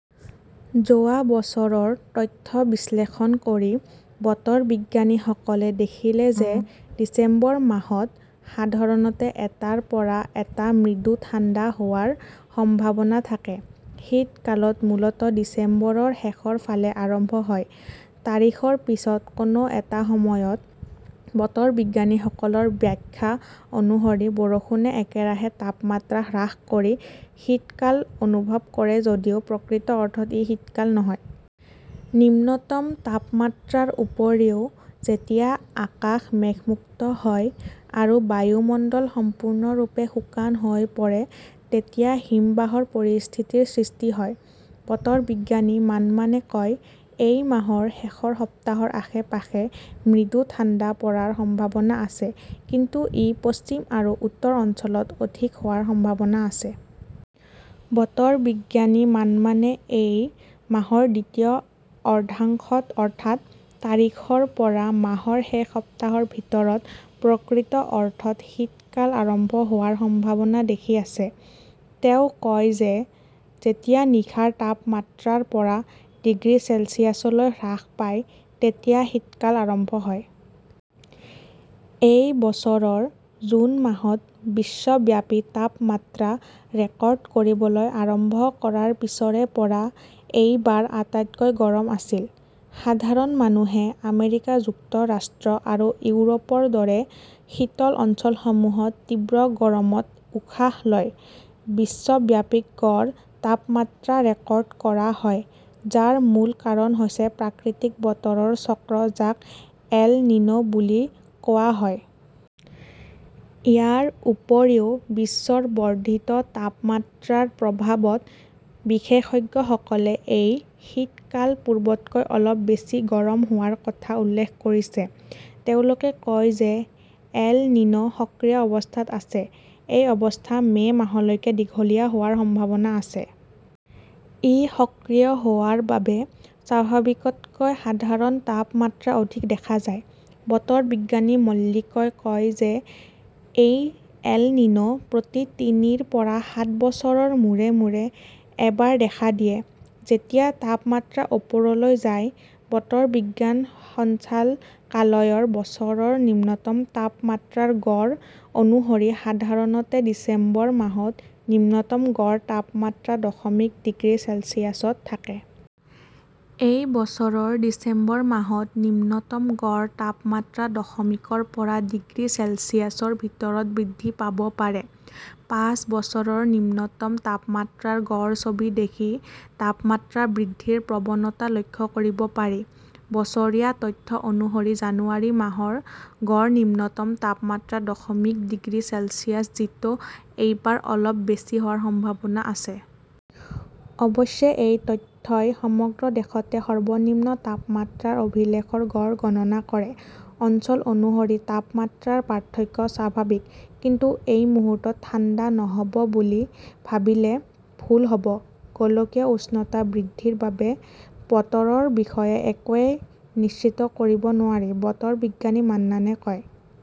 যোৱা বছৰৰ তথ্য বিশ্লেষণ কৰি বতৰ বিজ্ঞানীসকলে দেখিলে যে ডিচেম্বৰ মাহত সাধাৰণতে এটাৰ পৰা দুটা মৃদু ঠাণ্ডা হোৱাৰ সম্ভাৱনা থাকে। শীতকাল মূলতঃ ডিচেম্বৰৰ শেষৰ ফালে আৰম্ভ হয়, তাৰিখৰ পিছত কোনো এটা সময়ত। বতৰ বিজ্ঞানীসকলৰ ব্যাখ্যা অনুসৰি, বৰষুণে একেৰাহে তাপমাত্ৰা হ্ৰাস কৰি শীতকাল অনুভৱ কৰে যদিও প্ৰকৃত অৰ্থত ই শীতকাল নহয়। নিম্নতম তাপমাত্ৰাৰ উপৰিও যেতিয়া আকাশ মেঘমুক্ত হয় আৰু বায়ুমণ্ডল সম্পূৰ্ণৰূপে শুকান হৈ পৰে তেতিয়া হিমবাহৰ পৰিস্থিতিৰ সৃষ্টি হয়। বতৰ বিজ্ঞানী মান্নানে কয়, "এই মাহৰ শেষৰ সপ্তাহৰ আশে-পাশে মৃদু ঠাণ্ডা পৰাৰ সম্ভাৱনা আছে, কিন্তু ই পশ্চিম আৰু উত্তৰ অঞ্চলত অধিক হোৱাৰ সম্ভাৱনা আছে। " "বতৰ বিজ্ঞানী মান্নানে এই মাহৰ দ্বিতীয় অৰ্ধাংশত, অৰ্থাৎ তাৰিখৰ পৰা মাহৰ শেষ সপ্তাহৰ ভিতৰত প্ৰকৃত অৰ্থত শীতকাল আৰম্ভ হোৱাৰ সম্ভাৱনা দেখি আছে। তেওঁ কয় যে যেতিয়া নিশাৰ তাপমাত্ৰা ৰ পৰা ডিগ্ৰী চেলছিয়াছলৈ হ্ৰাস পায়, তেতিয়া শীতকাল আৰম্ভ হয়। এই বছৰৰ জুন মাহত বিশ্বব্যাপী তাপমাত্ৰা ৰেকৰ্ড কৰিবলৈ আৰম্ভ কৰাৰ পিছৰে পৰা এই বাৰ আটাইতকৈ গৰম আছিল। সাধাৰণ মানুহে আমেৰিকা যুক্তৰাষ্ট্ৰ আৰু ইউৰোপৰ দৰে শীতল অঞ্চলসমূহত তীব্ৰ গৰমত উশাহ লয়। বিশ্বব্যাপী গড় তাপমাত্ৰা ৰেকৰ্ড কৰা হয়, যাৰ মূল কাৰণ হৈছে প্ৰাকৃতিক বতৰৰ চক্ৰ যাক 'এল নিনো "বুলি কোৱা হয়। ইয়াৰ উপৰিও বিশ্বৰ বৰ্ধিত তাপমাত্ৰাৰ প্ৰভাৱত বিশেষজ্ঞসকলে এই শীতকাল পূৰ্বতকৈ অলপ বেছি গৰম হোৱাৰ কথা উল্লেখ কৰিছে। তেওঁলোকে কয় যে এল নিনো সক্ৰিয় অৱস্থাত আছে। এই অৱস্থা মে "মাহলৈকে দীঘলীয়া হোৱাৰ সম্ভাৱনা আছে। ই সক্ৰিয় হোৱাৰ বাবে স্বাভাৱিকতকৈ সাধাৰণ তাপমাত্ৰা অধিক দেখা যায়। বতৰ বিজ্ঞানী মল্লিকই কয় যে এই 'এল নিনো "প্ৰতি তিনিৰ পৰা সাত বছৰৰ মূৰে মূৰে এবাৰ দেখা দিয়ে-যেতিয়া তাপমাত্ৰা ওপৰলৈ যায়। বতৰ বিজ্ঞান সঞ্চালকালয়ৰ বছৰৰ নিম্নতম তাপমাত্ৰাৰ গড় অনুসৰি, সাধাৰণতে ডিচেম্বৰ মাহত নিম্নতম গড় তাপমাত্ৰা দশমিক ডিগ্ৰী চেলছিয়াছত থাকে। এই বছৰৰ ডিচেম্বৰ মাহত নিম্নতম গড় তাপমাত্ৰা দশমিক ৰ পৰা ডিগ্ৰী চেলছিয়াছৰ ভিতৰত বৃদ্ধি পাব পাৰে। পাঁচ বছৰৰ নিম্নতম তাপমাত্ৰাৰ গড় ছবি দেখি তাপমাত্ৰা বৃদ্ধিৰ প্ৰৱণতা লক্ষ্য কৰিব পাৰি। বছৰীয়া তথ্য অনুসৰি, জানুৱাৰী মাহৰ গড় নিম্নতম তাপমাত্ৰা দশমিক ডিগ্ৰী চেলছিয়াছ, যিটো এইবাৰ অলপ বেছি হোৱাৰ সম্ভাৱনা আছে। অৱশ্যে, এই তথ্যই সমগ্ৰ দেশতে সৰ্বনিম্ন তাপমাত্ৰাৰ অভিলেখৰ গড় গণনা কৰে। অঞ্চল অনুসৰি তাপমাত্ৰাৰ পাৰ্থক্য স্বাভাৱিক। কিন্তু এই মুহূৰ্তত ঠাণ্ডা নহ "ব বুলি ভাবিলে ভুল হ" ব। গোলকীয় উষ্ণতা বৃদ্ধিৰ বাবে বতৰৰ বিষয়ে একোৱেই নিশ্চিত কৰিব নোৱাৰি। বতৰ বিজ্ঞানী মান্নানে কয়,